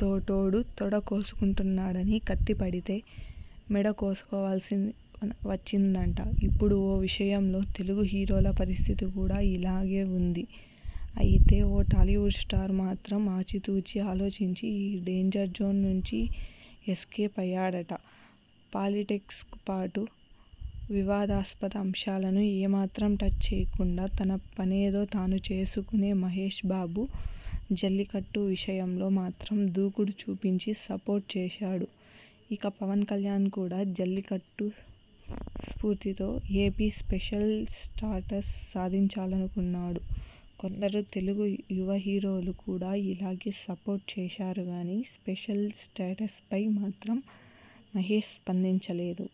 తోటోడు తొడ కోసుకుంటున్నాడని కత్తి పడితే మెడ కోసుకోవలసి వచ్చిందట ఇప్పుడు ఓ విషయంలో తెలుగు హీరోల పరిస్థితి కూడా ఇలాగే ఉంది అయితే ఓ టాలీవుడ్ స్టార్ మాత్రం ఆచితూచి ఆలోచించి ఈ డేంజర్ జోన్ నుంచి ఎస్కేప్ అయ్యాడట పాలిటిక్స్ పాటు వివాదాస్పద అంశాలను ఏమాత్రం టచ్ చేయకుండా తన పనేదో తాను చేసుకునే మహేశ్ బాబు 'జల్లికట్టు' విషయంలో మాత్రం దూకుడు చూపించి సపోర్ట్ చేశాడుఇక పవన్ కళ్యాణ్ కూడా జల్లికట్టు స్పూర్తితో ఏపీ స్పెషల్ స్టాటస్ సాధించాలనుకున్నాడు కొందరు తెలుగు యువహీరోలు కూడా ఇలాగే సపోర్ట్ చేశారుకానీ స్పెషల్ స్టేటస్ పై మాత్రం మహేశ్ స్పందించలేదు.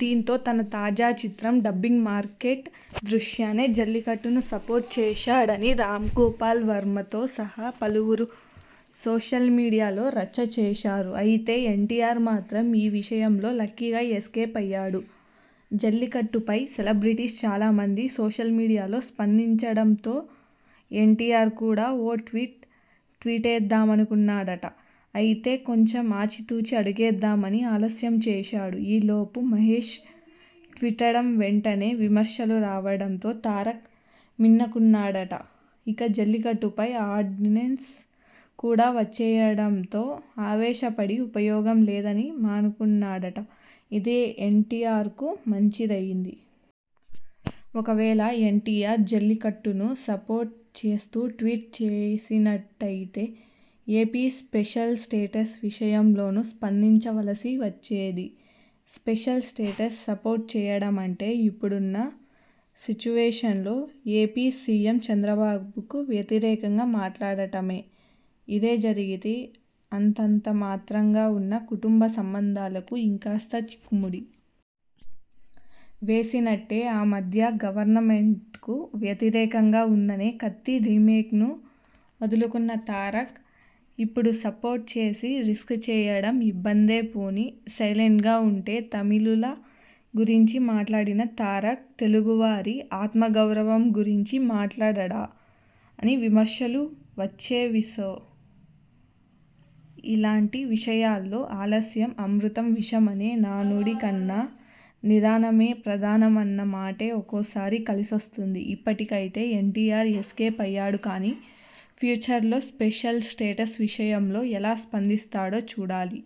దీంతో తన తాజా చిత్రం డబ్బింగ్ మార్కెట్ దృష్ట్యానే జల్లికట్టును సపోర్ట్ చేశాడని రామ్ గోపాల్ వర్మతో సహా పలువురు సోషల్ మీడియాలో రచ్చ చేశారు అయితే ఎన్టీఆర్ మాత్రం ఈ విషయంలో లక్కీగా ఎస్కేప్ అయ్యాడు జల్లికట్టుపై సెలబ్రిటీస్ చాలామంది సోషల్ మీడియాలో స్పందిచడంతో ఎన్టీఆర్ కూడా ఓ ట్వీట్ ట్వీటేద్దామనుకున్నాడట అయితే కొంచెం ఆచితూచి అడుగేద్దామని ఆలస్యం చేశాడు ఈ లోపు మహేశ్ ట్వీటడం వెంటనే విమర్శలు రావడంతో తారక్ మిన్నకున్నాడట ఇక జల్లికట్టుపై ఆర్డినెన్స్ కూడా వచ్చేయడంతో ఆవేశ పడి ఉపయోగం లేదని మానుకున్నాడట ఇదే ఎన్టీఆర్కు మంచిదయింది. ఒకవేళ ఎన్టీఆర్ జల్లికట్టును సపోర్ట్ చేస్తూ ట్వీట్ చేసినట్టయితే ఏపీ స్పెషల్ స్టేటస్ విషయంలోనూ స్పందించవలసి వచ్చేది స్పెషల్ స్టేటస్ సపోర్ట్ చేయడమంటే ఇప్పుడున్న సిట్యువేషన్లో ఏపీ సీఎం చంద్రబాబుకు వ్యతిరేకంగా మాట్లాడటమే ఇదే జరిగితీ అంతంత మాత్రంగా ఉన్న కుటుంబ సంబంధాలకు ఇంకాస్త చిక్కుముడి వేసినట్టే ఆ మధ్య గవర్నమెంట్కు వ్యతిరేకంగా ఉందనే 'కత్తి' రీమేక్ను వదులుకున్న తారక్ ఇప్పుడు సపోర్ట్ చేసి రిస్క్ చేయడం ఇబ్బందే పోనీ సైలెంట్గా ఉంటే తమిళుల గురించి మాట్లాడిన తారక్ తెలుగు వారి ,ఆత్మ గౌరవం గురించి మాట్లాడడా అని విమర్శలు వచ్చేవిసో ఇలాంటి విషయాల్లో ఆలస్యం అమృతం విషం అనే నానుడి కన్నా నిదానమే ప్రధానం అన్న మాటే ఒక్కోసారి కలిసొస్తుంది ఇప్పటికైతే ఎన్టీఆర్ ఎస్కేప్ అయ్యాడు కానీ ఫ్యూచర్లో స్పెషల్ స్టేటస్ విషయంలో ఎలా స్పందిస్తాడో చూడాలి.